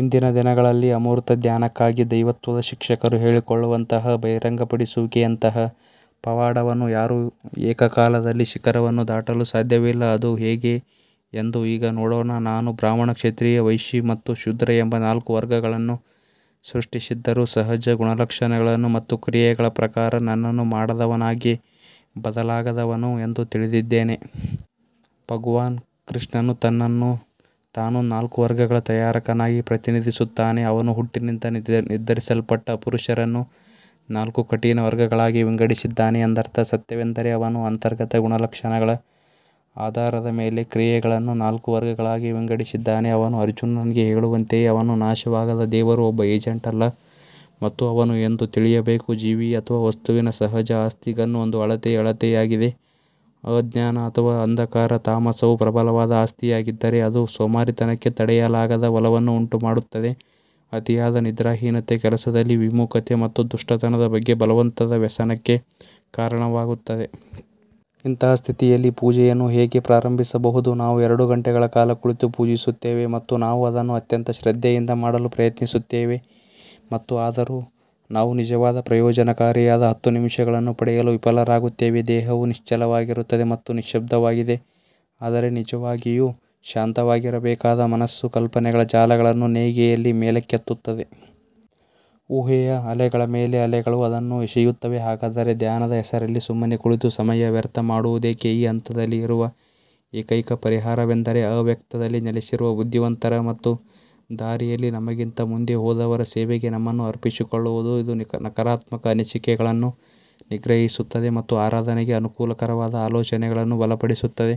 ಇಂದಿನ ದಿನಗಳಲ್ಲಿ ಅಮೂರ್ತ ಧ್ಯಾನಕ್ಕಾಗಿ ದೈವತ್ವದ ಶಿಕ್ಷಕರು ಹೇಳಿಕೊಳ್ಳುವಂತಹ ಬಹಿರಂಗಪಡಿಸುವಿಕೆಯಂತಹ ಪವಾಡವನ್ನು ಯಾರೂ ಏಕಕಾಲದಲ್ಲಿ ಶಿಖರವನ್ನು ದಾಟಲು ಸಾಧ್ಯವಿಲ್ಲ. ಅದು ಹೇಗೆ ಎಂದು ಈಗ ನೋಡೋಣ ನಾನು ಬ್ರಾಹ್ಮಣ ಕ್ಷತ್ರಿಯ ವೈಶಿ ಮತ್ತು ಶೂದ್ರ ಎಂಬ ನಾಲ್ಕು ವರ್ಗಗಳನ್ನು ಸೃಷ್ಟಿಸಿದ್ದರೂ ಸಹಜ ಗುಣಲಕ್ಷಣಗಳು ಮತ್ತು ಕ್ರಿಯೆಗಳ ಪ್ರಕಾರ ನನ್ನನ್ನು ಮಾಡದವನಾಗಿ ಬದಲಾಗದವನು ಎಂದು ತಿಳಿದಿದ್ದೇನೆ. ಭಗವಾನ್ ಕೃಷ್ಣನು ತನ್ನನ್ನು ತಾನು ನಾಲ್ಕು ವರ್ಗಗಳ ತಯಾರಕನಾಗಿ ಪ್ರತಿನಿಧಿಸುತ್ತಾನೆ ಅವನು ಹುಟ್ಟಿನಿಂದ ನಿರ್ಧರಿಸಲ್ಪಟ್ಟ ಪುರುಷರನ್ನು ನಾಲ್ಕು ಕಠಿಣ ವರ್ಗಗಳಾಗಿ ವಿಂಗಡಿಸಿದ್ದಾನೆ ಎಂದರ್ಥ ಸತ್ಯವೆಂದರೆ ಅವನು ಅಂತರ್ಗತ ಗುಣಲಕ್ಷಣಗಳ ಆಧಾರದ ಮೇಲೆ ಕ್ರಿಯೆಗಳನ್ನು ನಾಲ್ಕು ವರ್ಗಗಳಾಗಿ ವಿಂಗಡಿಸಿದ್ದಾನೆ ಅವನು ಅರ್ಜುನನಿಗೆ ಹೇಳುವಂತೆಯೇ ಅವನು ನಾಶವಾಗದ ದೇವರು ಒಬ್ಬ ಏಜೆಂಟ್ ಅಲ್ಲ ಮತ್ತು ಅವನು ಎಂದು ತಿಳಿಯಬೇಕು ಜೀವಿ ಅಥವಾ ವಸ್ತುವಿನ ಸಹಜ ಆಸ್ತಿ ಗನ್ ಒಂದು ಅಳತೆಯ ಅಳತೆಯಾಗಿದೆ ಅಜ್ಞಾನ ಅಥವಾ ಅಂಧಕಾರ ತಾಮಸವು ಪ್ರಬಲವಾದ ಆಸ್ತಿಯಾಗಿದ್ದರೆ, ಅದು ಸೋಮಾರಿತನಕ್ಕೆ ತಡೆಯಲಾಗದ ಒಲವನ್ನು ಉಂಟುಮಾಡುತ್ತದೆ, ಅತಿಯಾದ ನಿದ್ರಾಹೀನತೆ ಕೆಲಸದಲ್ಲಿ ವಿಮುಖತೆ ಮತ್ತು ದುಷ್ಟತನದ ಬಗ್ಗೆ ಬಲವಂತದ ವ್ಯಸನಕ್ಕೆ ಕಾರಣವಾಗುತ್ತದೆ. ಇಂತಹ ಸ್ಥಿತಿಯಲ್ಲಿ ಪೂಜೆಯನ್ನು ಹೇಗೆ ಪ್ರಾರಂಭಿಸಬಹುದು ನಾವು ಎರಡು ಗಂಟೆಗಳ ಕಾಲ ಕುಳಿತು ಪೂಜಿಸುತ್ತೇವೆ ಮತ್ತು ನಾವು ಅದನ್ನು ಅತ್ಯಂತ ಶ್ರದ್ಧೆಯಿಂದ ಮಾಡಲು ಪ್ರಯತ್ನಿಸುತ್ತೇವೆ ಮತ್ತು ಆದರೂ ನಾವು ನಿಜವಾದ ಪ್ರಯೋಜನಕಾರಿಯಾದ ಹತ್ತು ನಿಮಿಷಗಳನ್ನು ಪಡೆಯಲು ವಿಫಲರಾಗುತ್ತೇವೆ. ದೇಹವು ನಿಶ್ಚಲವಾಗಿರುತ್ತದೆ ಮತ್ತು ನಿಶ್ಯಬ್ದವಾಗಿದೆ ಆದರೆ ನಿಜವಾಗಿಯೂ ಶಾಂತವಾಗಿರಬೇಕಾದ ಮನಸ್ಸು ಕಲ್ಪನೆಗಳ ಜಾಲಗಳನ್ನು ನೇಯ್ಗೆಯಲ್ಲಿ ಮೇಲಕ್ಕೆತ್ತುತ್ತದೆ. ಊಹೆಯ ಅಲೆಗಳ ಮೇಲೆ ಅಲೆಗಳು ಅದನ್ನು ಎಸೆಯುತ್ತವೆ ಹಾಗಾದರೆ ಧ್ಯಾನದ ಹೆಸರಲ್ಲಿ ಸುಮ್ಮನೆ ಕುಳಿತು ಸಮಯ ವ್ಯರ್ಥ ಮಾಡುವುದೇಕೆ ಈ ಹಂತದಲ್ಲಿ ಇರುವ ಏಕೈಕ ಪರಿಹಾರವೆಂದರೆ, ಅವ್ಯಕ್ತದಲ್ಲಿ ನೆಲೆಸಿರುವ ಬುದ್ಧಿವಂತರ ಮತ್ತು ದಾರಿಯಲ್ಲಿ ನಮಗಿಂತ ಮುಂದೆ ಹೋದವರ ಸೇವೆಗೆ ನಮ್ಮನ್ನು ಅರ್ಪಿಸಿಕೊಳ್ಳುವುದು. ಇದು ನಕಾರಾತ್ಮಕ ಅನಿಸಿಕೆಗಳನ್ನು ನಿಗ್ರಹಿಸುತ್ತದೆ ಮತ್ತು ಆರಾಧನೆಗೆ ಅನುಕೂಲಕರವಾದ ಆಲೋಚನೆಗಳನ್ನು ಬಲಪಡಿಸುತ್ತದೆ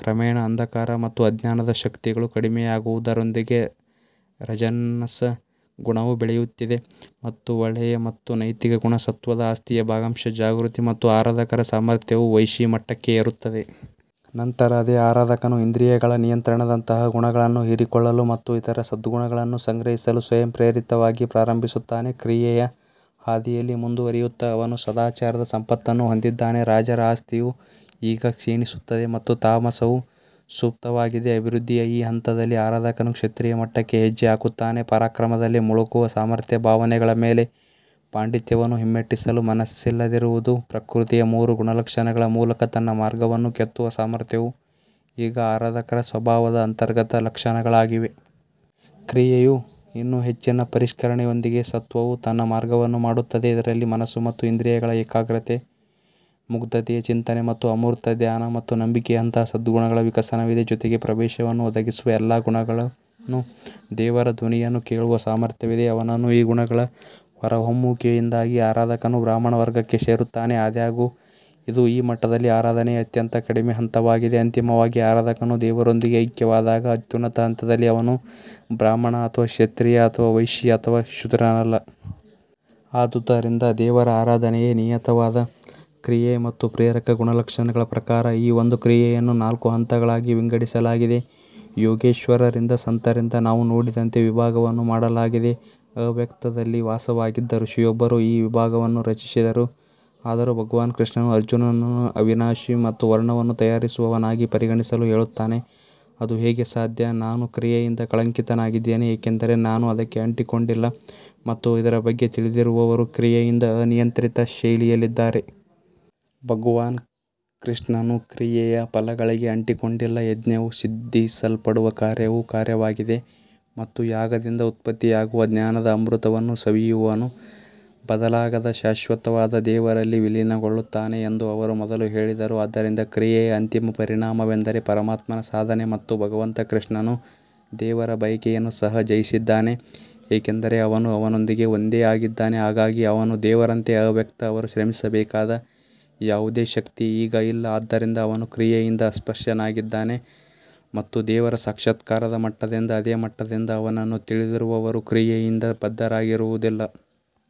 ಕ್ರಮೇಣ ಅಂಧಕಾರ ಮತ್ತು ಅಜ್ಞಾನದ ಶಕ್ತಿಗಳು ಕಡಿಮೆಯಾಗುವುದರೊಂದಿಗೆ ರಜಸ್ನ ಗುಣವು ಬೆಳೆಯುತ್ತಿದೆ ಮತ್ತು ಒಳ್ಳೆಯ ಮತ್ತು ನೈತಿಕ ಗುಣ ಸತ್ವದ ಆಸ್ತಿಯ ಭಾಗಶಃ ಜಾಗೃತಿ ಮತ್ತು ಆರಾಧಕರ ಸಾಮರ್ಥ್ಯವು ವೈಶಿ ಮಟ್ಟಕ್ಕೆ ಏರುತ್ತದೆ. ನಂತರ ಅದೇ ಆರಾಧಕನು ಇಂದ್ರಿಯಗಳ ನಿಯಂತ್ರಣದಂತಹ ಗುಣಗಳನ್ನು ಹೀರಿಕೊಳ್ಳಲು ಮತ್ತು ಇತರ ಸದ್ಗುಣಗಳನ್ನು ಸಂಗ್ರಹಿಸಲು ಸ್ವಯಂಪ್ರೇರಿತವಾಗಿ ಪ್ರಾರಂಭಿಸುತ್ತಾನೆ. ಕ್ರಿಯೆಯ ಹಾದಿಯಲ್ಲಿ ಮುಂದುವರಿಯುತ್ತಾ ಅವನು ಸದಾಚಾರದ ಸಂಪತ್ತನ್ನು ಹೊಂದಿದ್ದಾನೆ ರಾಜರ ಆಸ್ತಿಯು ಈಗ ಕ್ಷೀಣಿಸುತ್ತದೆ ಮತ್ತು ತಾಮಸವು ಸುಪ್ತವಾಗಿದೆ ಅಭಿವೃದ್ಧಿಯ ಈ ಹಂತದಲ್ಲಿ ಆರಾಧಕನು ಕ್ಷತ್ರಿಯ ಮಟ್ಟಕ್ಕೆ ಹೆಜ್ಜೆ ಹಾಕುತ್ತಾನೆ ಪರಾಕ್ರಮದಲ್ಲಿ ಮುಳುಗುವ ಸಾಮರ್ಥ್ಯ, ಭಾವನೆಗಳ ಮೇಲೆ ಪಾಂಡಿತ್ಯವನ್ನು ಹಿಮ್ಮೆಟ್ಟಿಸಲು ಮನಸ್ಸಿಲ್ಲದಿರುವುದು ಪ್ರಕೃತಿಯ ಮೂರು ಗುಣಲಕ್ಷಣಗಳ ಮೂಲಕ ತನ್ನ ಮಾರ್ಗವನ್ನು ಕೆತ್ತುವ ಸಾಮರ್ಥ್ಯವು ಈಗ ಆರಾಧಕರ ಸ್ವಭಾವದ ಅಂತರ್ಗತ ಲಕ್ಷಣಗಳಾಗಿವೆ. ಕ್ರಿಯೆಯ ಇನ್ನೂ ಹೆಚ್ಚಿನ ಪರಿಷ್ಕರಣೆಯೊಂದಿಗೆ ಸತ್ವವು ತನ್ನ ಮಾರ್ಗವನ್ನು ಮಾಡುತ್ತದೆ, ಇದರಲ್ಲಿ ಮನಸ್ಸು ಮತ್ತು ಇಂದ್ರಿಯಗಳ ಏಕಾಗ್ರತೆ ಮುಗ್ಧತೆಯ ಚಿಂತನೆ ಮತ್ತು ಅಮೂರ್ತ ಧ್ಯಾನ ಮತ್ತು ನಂಬಿಕೆಯಂತಹ ಸದ್ಗುಣಗಳ ವಿಕಸನವಿದೆ, ಜೊತೆಗೆ ಪ್ರವೇಶವನ್ನು ಒದಗಿಸುವ ಎಲ್ಲಾ ಗುಣಗಳನ್ನು ದೇವರ ಧ್ವನಿಯನ್ನು ಕೇಳುವ ಸಾಮರ್ಥ್ಯವಿದೆ. ಅವನನ್ನು ಈ ಗುಣಗಳ ಹೊರಹೊಮ್ಮುವಿಕೆಯೊಂದಿಗೆ ಆರಾಧಕನು ಬ್ರಾಹ್ಮಣ ವರ್ಗಕ್ಕೆ ಸೇರುತ್ತಾನೆ ಆದಾಗ್ಯೂ ಇದು ಈ ಮಟ್ಟದಲ್ಲಿ ಆರಾಧನೆಯ ಅತ್ಯಂತ ಕಡಿಮೆ ಹಂತವಾಗಿದೆ ಅಂತಿಮವಾಗಿ ಆರಾಧಕನು ದೇವರೊಂದಿಗೆ ಐಕ್ಯವಾದಾಗ ಅತ್ಯುನ್ನತ ಹಂತದಲ್ಲಿ ಅವನು ಬ್ರಾಹ್ಮಣ ಅಥವಾ ಕ್ಷತ್ರಿಯ ಅಥವಾ ವೈಶಿ ಅಥವಾ ಶೂದ್ರನಲ್ಲ. ಆದುದರಿಂದ ದೇವರ ಆರಾಧನೆಯೇ ನಿಯತವಾದ ಕ್ರಿಯೆ ಮತ್ತು ಪ್ರೇರಕ ಗುಣಲಕ್ಷಣಗಳ ಪ್ರಕಾರ ಈ ಒಂದು ಕ್ರಿಯೆಯನ್ನು ನಾಲ್ಕು ಹಂತಗಳಾಗಿ ವಿಂಗಡಿಸಲಾಗಿದೆ ಯೋಗೇಶ್ವರರಿಂದ ಸಂತರಿಂದ ನಾವು ನೋಡಿದಂತೆ ವಿಭಾಗವನ್ನು ಮಾಡಲಾಗಿದೆ ಅವ್ಯಕ್ತದಲ್ಲಿ ವಾಸವಾಗಿದ್ದ ಋಷಿಯೊಬ್ಬರು ಈ ವಿಭಾಗವನ್ನು ರಚಿಸಿದರು ಆದರೂ ಭಗವಾನ್ ಕೃಷ್ಣನು ಅರ್ಜುನನನ್ನು ಅವಿನಾಶಿ ಮತ್ತು ವರ್ಣವನ್ನು ತಯಾರಿಸುವವನಾಗಿ ಪರಿಗಣಿಸಲು ಹೇಳುತ್ತಾನೆ ಅದು ಹೇಗೆ ಸಾಧ್ಯ ನಾನು ಕ್ರಿಯೆಯಿಂದ ಕಳಂಕಿತನಾಗಿದ್ದೇನೆ ಏಕೆಂದರೆ ನಾನು ಅದಕ್ಕೆ ಅಂಟಿಕೊಂಡಿಲ್ಲ ಮತ್ತು ಇದರ ಬಗ್ಗೆ ತಿಳಿದಿರುವವರು ಕ್ರಿಯೆಯಿಂದ ಅನಿಯಂತ್ರಿತ ಶೈಲಿಯಲ್ಲಿದ್ದಾರೆ. ಭಗವಾನ್ ಕೃಷ್ಣನು ಕ್ರಿಯೆಯ ಫಲಗಳಿಗೆ ಅಂಟಿಕೊಂಡಿಲ್ಲ ಯಜ್ಞವು ಸಿದ್ಧಿಸಲ್ಪಡುವ ಕಾರ್ಯವು ಕಾರ್ಯವಾಗಿದೆ ಮತ್ತು ಯಾಗದಿಂದ ಉತ್ಪತ್ತಿಯಾಗುವ ಜ್ಞಾನದ ಅಮೃತವನ್ನು ಸವಿಯುವವನು ಬದಲಾಗದ ಶಾಶ್ವತವಾದ ದೇವರಲ್ಲಿ ವಿಲೀನಗೊಳ್ಳುತ್ತಾನೆ ಎಂದು ಅವರು ಮೊದಲು ಹೇಳಿದರು. ಆದ್ದರಿಂದ ಕ್ರಿಯೆಯ ಅಂತಿಮ ಪರಿಣಾಮವೆಂದರೆ ಪರಮಾತ್ಮನ ಸಾಧನೆ ಮತ್ತು ಭಗವಂತ ಕೃಷ್ಣನು ದೇವರ ಬಯಕೆಯನ್ನು ಸಹ ಜಯಿಸಿದ್ದಾನೆ ಏಕೆಂದರೆ ಅವನು ಅವನೊಂದಿಗೆ ಒಂದೇ ಆಗಿದ್ದಾನೆ ಹಾಗಾಗಿ ಅವನೂ ದೇವರಂತೆ ಅವ್ಯಕ್ತ ಅವರು ಶ್ರಮಿಸಬೇಕಾದ ಯಾವುದೇ ಶಕ್ತಿ ಈಗ ಇಲ್ಲ ಆದ್ದರಿಂದ ಅವನು ಕ್ರಿಯೆಯಿಂದ ಅಸ್ಪೃಶ್ಯನಾಗಿದ್ದಾನೆ ಮತ್ತು ದೇವರ ಸಾಕ್ಷಾತ್ಕಾರದ ಮಟ್ಟದಿಂದ ಅದೇ ಮಟ್ಟದಿಂದ ಅವನನ್ನು ತಿಳಿದಿರುವವರೂ ಕ್ರಿಯೆಯಿಂದ ಬದ್ಧರಾಗಿರುವುದಿಲ್ಲ.